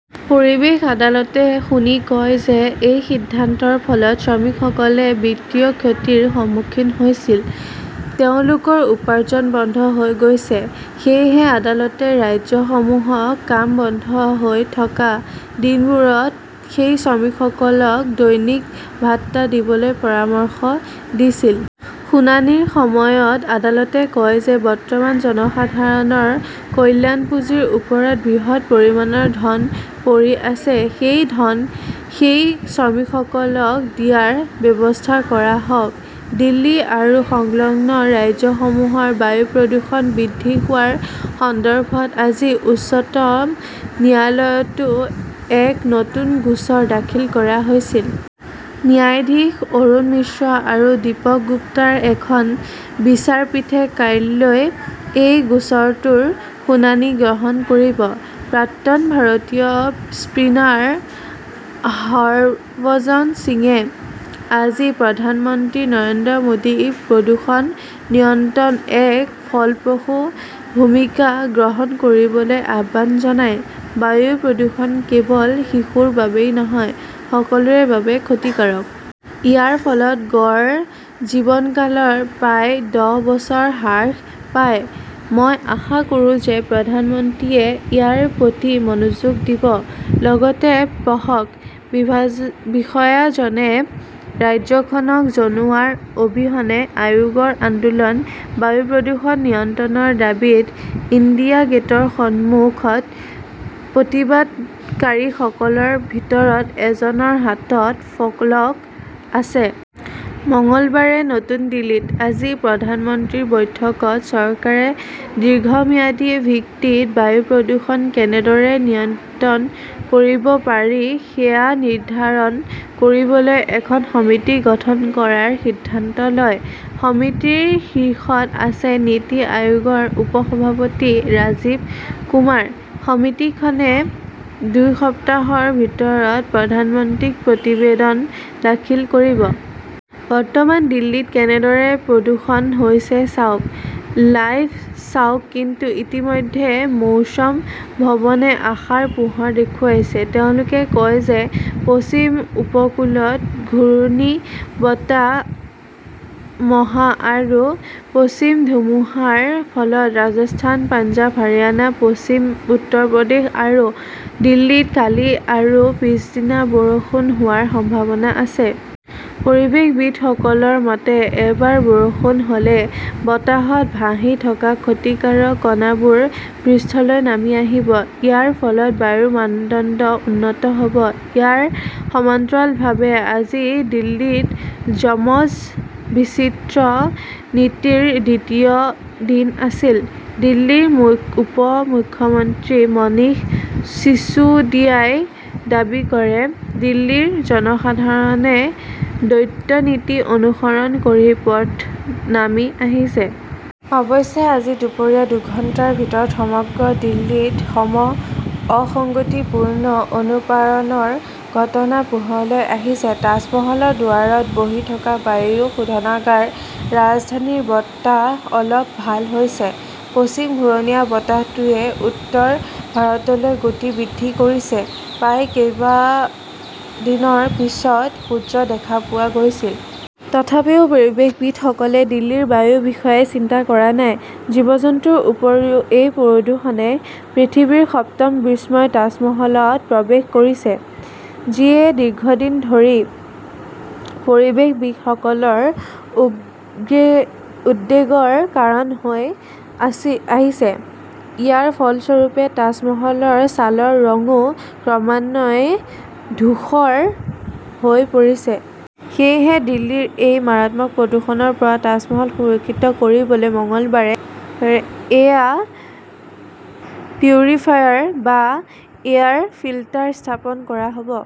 পৰিৱেশ আদালতে শুনি কয় যে এই সিদ্ধান্তৰ ফলত শ্ৰমিকসকলে বিত্তীয় ক্ষতিৰ সন্মুখীন হৈছিল। তেওঁলোকৰ উপাৰ্জন বন্ধ হৈ গৈছে। সেয়েহে আদালতে ৰাজ্যসমূহক কাম বন্ধ হৈ থকা দিনবোৰত সেই শ্ৰমিকসকলক দৈনিক ভাত্তা দিবলৈ পৰামৰ্শ দিছিল। শুনানিৰ সময়ত আদালতে কয় যে বৰ্তমান জনসাধাৰণৰ কল্যাণ পুঁজিৰ ওপৰত বৃহৎ পৰিমাণৰ ধন পৰি আছে। সেই ধন সেই শ্ৰমিকসকলক দিয়াৰ ব্যৱস্থা কৰা হওক। দিল্লী আৰু সংলগ্ন ৰাজ্যসমূহৰ বায়ু প্ৰদূষণ বৃদ্ধি হোৱাৰ সন্দৰ্ভত আজি উচ্চতম ন্যায়ালয়তো এক নতুন গোচৰ দাখিল কৰা হৈছিল। ন্যায়াধীশ অৰুণ মিশ্ৰ আৰু দীপক গুপ্তাৰ এখন বিচাৰপীঠে কাইলৈ এই গোচৰটোৰ শুনানি গ্ৰহণ কৰিব। প্ৰাক্তন ভাৰতীয় স্পিনাৰ হৰভজন সিঙে আজি প্ৰধানমন্ত্ৰী নৰেন্দ্ৰ মোডীক প্ৰদূষণ নিয়ন্ত্ৰণত এক ফলপ্ৰসূ ভূমিকা গ্ৰহণ কৰিবলৈ আহ্বান জনায়। "বায়ু প্ৰদূষণ কেৱল শিশুৰ বাবেই নহয়, সকলোৰে বাবে ক্ষতিকাৰক। ইয়াৰ ফলত গড় জীৱনকাল প্ৰায় দহ বছৰ হ্ৰাস পায়। মই আশা কৰোঁ যে প্ৰধানমন্ত্ৰীয়ে ইয়াৰ প্ৰতি মনোযোগ দিব।" লগতে পঢ়কঃ বিষয়াজনে ৰাজ্যখনক জনোৱাৰ অবিহনে আয়োগৰ আন্দোলন, বায়ু প্ৰদূষণ নিয়ন্ত্ৰণৰ দাবীত ইণ্ডিয়া গেটৰ সন্মুখত প্ৰতিবাদকাৰীসকলৰ ভিতৰত এজনৰ হাতত ফলক আছে। মঙলবাৰে নতুন দিল্লীত। আজি প্ৰধানমন্ত্ৰীৰ বৈঠকত চৰকাৰে দীৰ্ঘম্যাদী ভিত্তিত বায়ু প্ৰদূষণ কেনেদৰে নিয়ন্ত্ৰণ কৰিব পাৰি সেয়া নিৰ্ধাৰণ কৰিবলৈ এখন সমিতি গঠন কৰাৰ সিদ্ধান্ত লয়। সমিতিৰ শীৰ্ষত আছে নীতি আয়োগৰ উপ-সভাপতি ৰাজীৱ কুমাৰ। সমিতিখনে দুসপ্তাহৰ ভিতৰত প্ৰধানমন্ত্ৰীক প্ৰতিবেদন দাখিল কৰিব। বৰ্তমান দিল্লীত কেনেদৰে প্ৰদূষণ হৈছে চাওক, লাইভ চাওক কিন্তু ইতিমধ্যে মৌছ'ম ভৱনে আশাৰ পোহৰ দেখুৱাইছে। তেওঁলোকে কয় যে পশ্চিম উপকূলত ঘূৰ্ণীবতাহ মহা আৰু পশ্চিম ধুমুহাৰ ফলত ৰাজস্থান, পঞ্জাৱ, হাৰিয়ানা, পশ্চিম উত্তৰ প্ৰদেশ আৰু দিল্লীত কালি আৰু পিছদিনা বৰষুণ হোৱাৰ সম্ভাৱনা আছে। পৰিৱেশবিদসকলৰ মতে, এবাৰ বৰষুণ হ'লে বতাহত ভাহি থকা ক্ষতিকাৰক কণাবোৰ পৃষ্ঠলৈ নামি আহিব। ইয়াৰ ফলত বায়ুৰ মানদণ্ড উন্নত হ'ব। ইয়াৰ সমান্তৰালভাৱে আজি দিল্লীত যমজ-বিচিত্ৰ নীতিৰ দ্বিতীয় দিন আছিল। দিল্লীৰ উপ মুখ্যমন্ত্ৰী মনীষ চিচুডিয়াই দাবী কৰে, "দিল্লীৰ জনসাধাৰণে দ্বৈত নীতি অনুসৰণ কৰি পথত নামি আহিছে। "অৱশ্যে আজি দুপৰীয়া দুঘণ্টাৰ ভিতৰত সমগ্ৰ দিল্লীত সম-অসঙ্গতিপূৰ্ণ অনুপাৰণৰ ঘটনা পোহৰলৈ আহিছে। তাজমহলৰ দুৱাৰত বহি থকা বায়ু শোধনাগাৰ ৰাজধানীৰ বতাহ অলপ ভাল হৈছে। পশ্চিম ঘূৰ্ণীবতাহটোৱে উত্তৰ ভাৰতলৈ গতি বৃদ্ধি কৰিছে। প্ৰায় কেইবা দিনৰ পিছত সূৰ্য দেখা পোৱা গৈছিল। তথাপিও পৰিৱেশবিদসকলে দিল্লীৰ বায়ুৰ বিষয়ে চিন্তা কৰা নাই। জীৱ-জন্তুৰ উপৰিও, এই প্ৰদূষণে পৃথিৱীৰ সপ্তম বিস্ময় তাজমহলত প্ৰৱেশ কৰিছে, যি দীৰ্ঘদিন ধৰি পৰিৱেশবিদসকলৰ উদ্বেগৰ কাৰণ হৈ আহিছে। ইয়াৰ ফলস্বৰূপে তাজমহলৰ ছালৰ ৰংও ক্ৰমান্বয়ে ধূসৰ হৈ পৰিছে। সেয়েহে দিল্লীৰ এই মাৰাত্মক প্ৰদূষণৰ পৰা তাজমহল সুৰক্ষিত কৰিবলৈ মঙলবাৰে এয়াৰ পিউৰিফায়াৰ বা এয়াৰ ফিল্টাৰ স্থাপন কৰা হ'ব।